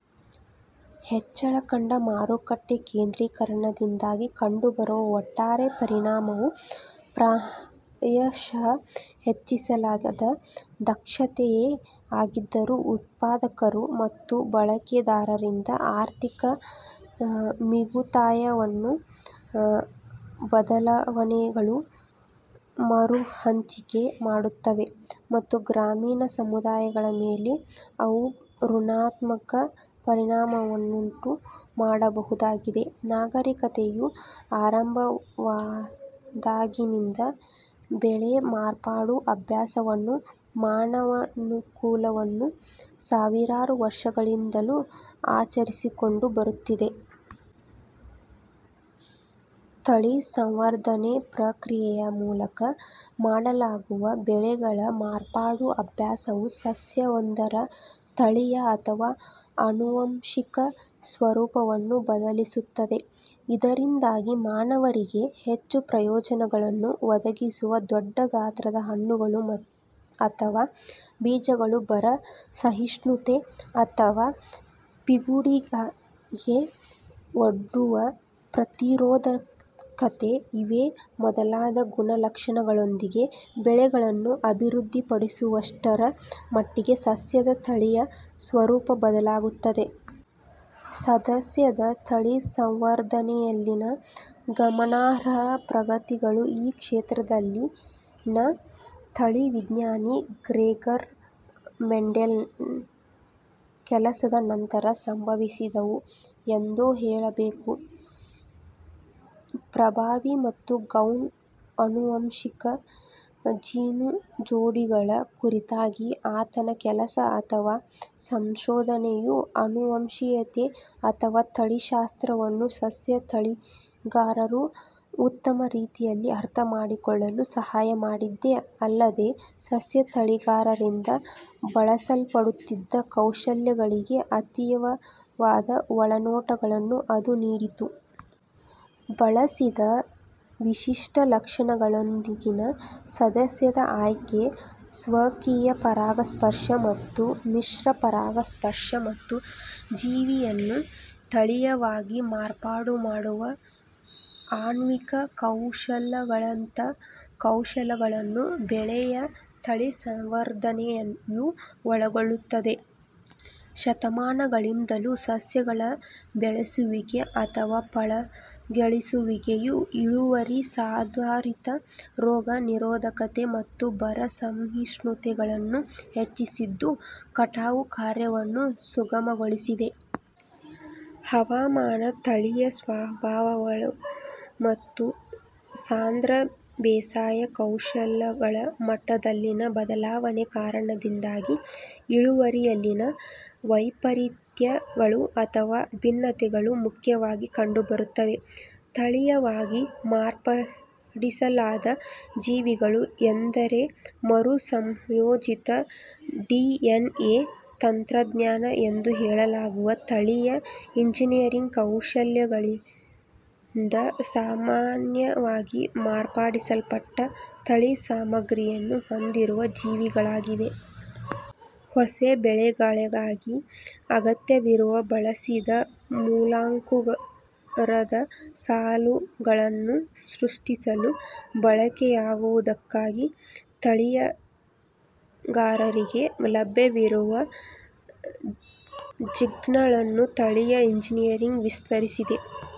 ಹೆಚ್ಚಳ ಕಂಡ ಮಾರುಕಟ್ಟೆ ಕೇಂದ್ರೀಕರಣದಿಂದಾಗಿ ಕಂಡುಬರುವ ಒಟ್ಟಾರೆ ಪರಿಣಾಮವು ಪ್ರಾಯಶಃ ಹೆಚ್ಚಿಸಲಾದ ದಕ್ಷತೆಯೇ ಆಗಿದ್ದರೂ, ಉತ್ಪಾದಕರು ಮತ್ತು ಬಳಕೆದಾರರಿಂದ ಆರ್ಥಿಕ ಮಿಗುತಾಯವನ್ನು ಬದಲಾವಣೆಗಳು ಮರುಹಂಚಿಕೆ ಮಾಡುತ್ತವೆ, ಮತ್ತು ಗ್ರಾಮೀಣ ಸಮುದಾಯಗಳ ಮೇಲೆ ಅವು ಋಣಾತ್ಮಕ ಪರಿಣಾಮವನ್ನು ಉಂಟುಮಾಡಬಹುದಾಗಿದೆ. ನಾಗರಿಕತೆಯು ಆರಂಭವಾದಾಗಿನಿಂದ, ಬೆಳೆ ಮಾರ್ಪಾಡು ಅಭ್ಯಾಸವನ್ನು ಮಾನವಕುಲವು ಸಾವಿರಾರು ವರ್ಷಗಳಿಂದಲೂ ಆಚರಿಸಿಕೊಂಡು ಬರುತ್ತಿದೆ. ತಳಿ ಸಂವರ್ಧನೆ ಪ್ರಕ್ರಿಯೆಯ ಮೂಲಕ ಮಾಡಲಾಗುವ ಬೆಳೆಗಳ ಮಾರ್ಪಾಡು ಅಭ್ಯಾಸವು ಸಸ್ಯವೊಂದರ ತಳೀಯ ಅಥವಾ ಆನುವಂಶಿಕ ಸ್ವರೂಪವನ್ನು ಬದಲಿಸುತ್ತದೆ. ಇದರಿಂದಾಗಿ ಮಾನವರಿಗೆ ಹೆಚ್ಚು ಪ್ರಯೋಜನಗಳನ್ನು ಒದಗಿಸುವ ದೊಡ್ಡ ಗಾತ್ರದ ಹಣ್ಣುಗಳು ಅಥವಾ ಬೀಜಗಳು, ಬರ -ಸಹಿಷ್ಣುತೆ, ಅಥವಾ ಪಿಡುಗಿಗೆ ಒಡ್ಡುವ ಪ್ರತಿರೋಧಕತೆ ಇವೇ ಮೊದಲಾದ ಗುಣಲಕ್ಷಣಗಳೊಂದಿಗೆ ಬೆಳೆಗಳನ್ನು ಅಭಿವೃದ್ಧಿಪಡಿಸುವಷ್ಟರ ಮಟ್ಟಿಗೆ ಸಸ್ಯದ ತಳೀಯ ಸ್ವರೂಪ ಬದಲಾಗುತ್ತದೆ. ಸಸ್ಯದ ತಳಿಸಂವರ್ಧನೆಯಲ್ಲಿನ ಗಮನಾರ್ಹ ಪ್ರಗತಿಗಳು ಈ ಕ್ಷೇತ್ರದಲ್ಲಿನ ತಳಿವಿಜ್ಞಾನಿ ಗ್ರೆಗರ್ ಮೆಂಡೆಲ್ನ ಕೆಲಸದ ನಂತರ ಸಂಭವಿಸಿದವು ಎಂದೇ ಹೇಳಬೇಕು. ಪ್ರಭಾವಿ ಮತ್ತು ಗೌಣ ಆನುವಂಶಿಕ ಜೀನು ಜೋಡಿಗಳ ಕುರಿತಾದ ಆತನ ಕೆಲಸ ಅಥವಾ ಸಂಶೋಧನೆಯು ಅನುವಂಶೀಯತೆ ಅಥವಾ ತಳಿಶಾಸ್ತ್ರವನ್ನು ಸಸ್ಯ ತಳಿಗಾರರು ಉತ್ತಮ ರೀತಿಯಲ್ಲಿ ಅರ್ಥಮಾಡಿಕೊಳ್ಳಲು ಸಹಾಯಮಾಡಿದ್ದೇ ಅಲ್ಲದೆ, ಸಸ್ಯ ತಳಿಗಾರರಿಂದ ಬಳಸಲ್ಪಡುತ್ತಿದ್ದ ಕೌಶಲಗಳಿಗೆ ಅತೀವವಾದ ಒಳನೋಟಗಳನ್ನು ಅದು ನೀಡಿತು. ಬಯಸಿದ ವಿಶಿಷ್ಟ ಲಕ್ಷಣಗಳೊಂದಿಗಿನ ಸಸ್ಯದ ಆಯ್ಕೆ, ಸ್ವಕೀಯ-ಪರಾಗಸ್ಪರ್ಶ ಮತ್ತು ಮಿಶ್ರ-ಪರಾಗಸ್ಪರ್ಶ, ಮತ್ತು ಜೀವಿಯನ್ನು ತಳೀಯವಾಗಿ ಮಾರ್ಪಾಡುಮಾಡುವ ಆಣ್ವಿಕ ಕೌಶಲಗಳಂಥ ಕೌಶಲಗಳನ್ನು ಬೆಳೆಯ ತಳಿಸಂವರ್ಧನೆಯು ಒಳಗೊಳ್ಳುತ್ತದೆ. ಶತಶತಮಾನಗಳಿಂದಲೂ ಸಸ್ಯಗಳ ಬೆಳೆಸುವಿಕೆ ಅಥವಾ ಪಳಗಿಸುವಿಕೆಯು ಇಳುವರಿ, ಸುಧಾರಿತ ರೋಗ ನಿರೋಧಕತೆ ಮತ್ತು ಬರ-ಸಹಿಷ್ಣುತೆಗಳನ್ನು ಹೆಚ್ಚಿಸಿದ್ದು, ಕಟಾವು ಕಾರ್ಯವನ್ನು ಸುಗಮಗೊಳಿಸಿದೆ. ಹವಾಮಾನ, ತಳೀಯ ಸ್ವಭಾವಗಳು, ಮತ್ತು ಸಾಂದ್ರ ಬೇಸಾಯ ಕೌಶಲಗಳ ಮಟ್ಟದಲ್ಲಿನ ಬದಲಾವಣೆಯ ಕಾರಣದಿಂದಾಗಿ ಇಳುವರಿಯಲ್ಲಿನ ವೈಪರೀತ್ಯಗಳು ಅಥವಾ ಭಿನ್ನತೆಗಳು ಮುಖ್ಯವಾಗಿ ಕಂಡುಬರುತ್ತವೆ. ತಳೀಯವಾಗಿ ಮಾರ್ಪಡಿಸಲಾದ ಜೀವಿಗಳು ಎಂದರೆ ಮರು-ಸಂಯೋಜಿತ ಡಿಎನ್ಎ ತಂತ್ರಜ್ಞಾನ ಎಂದು ಹೇಳಲಾಗುವ ತಳೀಯ ಎಂಜಿನಿಯರಿಂಗ್ ಕೌಶಲಗಳಿಂದ ಸಾಮಾನ್ಯವಾಗಿ ಮಾರ್ಪಡಿಸಲ್ಪಟ್ಟ ತಳಿ ಸಾಮಗ್ರಿಯನ್ನು ಹೊಂದಿರುವ ಜೀವಿ ಗಳಾಗಿವೆ. ಹೊಸ ಬೆಳೆಗಳಿಗಾಗಿ ಅಗತ್ಯವಿರುವ, ಬಯಸಿದ ಮೂಲಾಂಕುರದ ಸಾಲುಗಳನ್ನು ಸೃಷ್ಟಿಸಲು ಬಳಕೆಯಾಗುವುದಕ್ಕಾಗಿ ತಳಿಗಾರರಿಗೆ ಲಭ್ಯವಿರುವ ಜೀನ್ಗಳನ್ನು ತಳೀಯ ಎಂಜಿನಿಯರಿಂಗ್ ವಿಸ್ತರಿಸಿದೆ.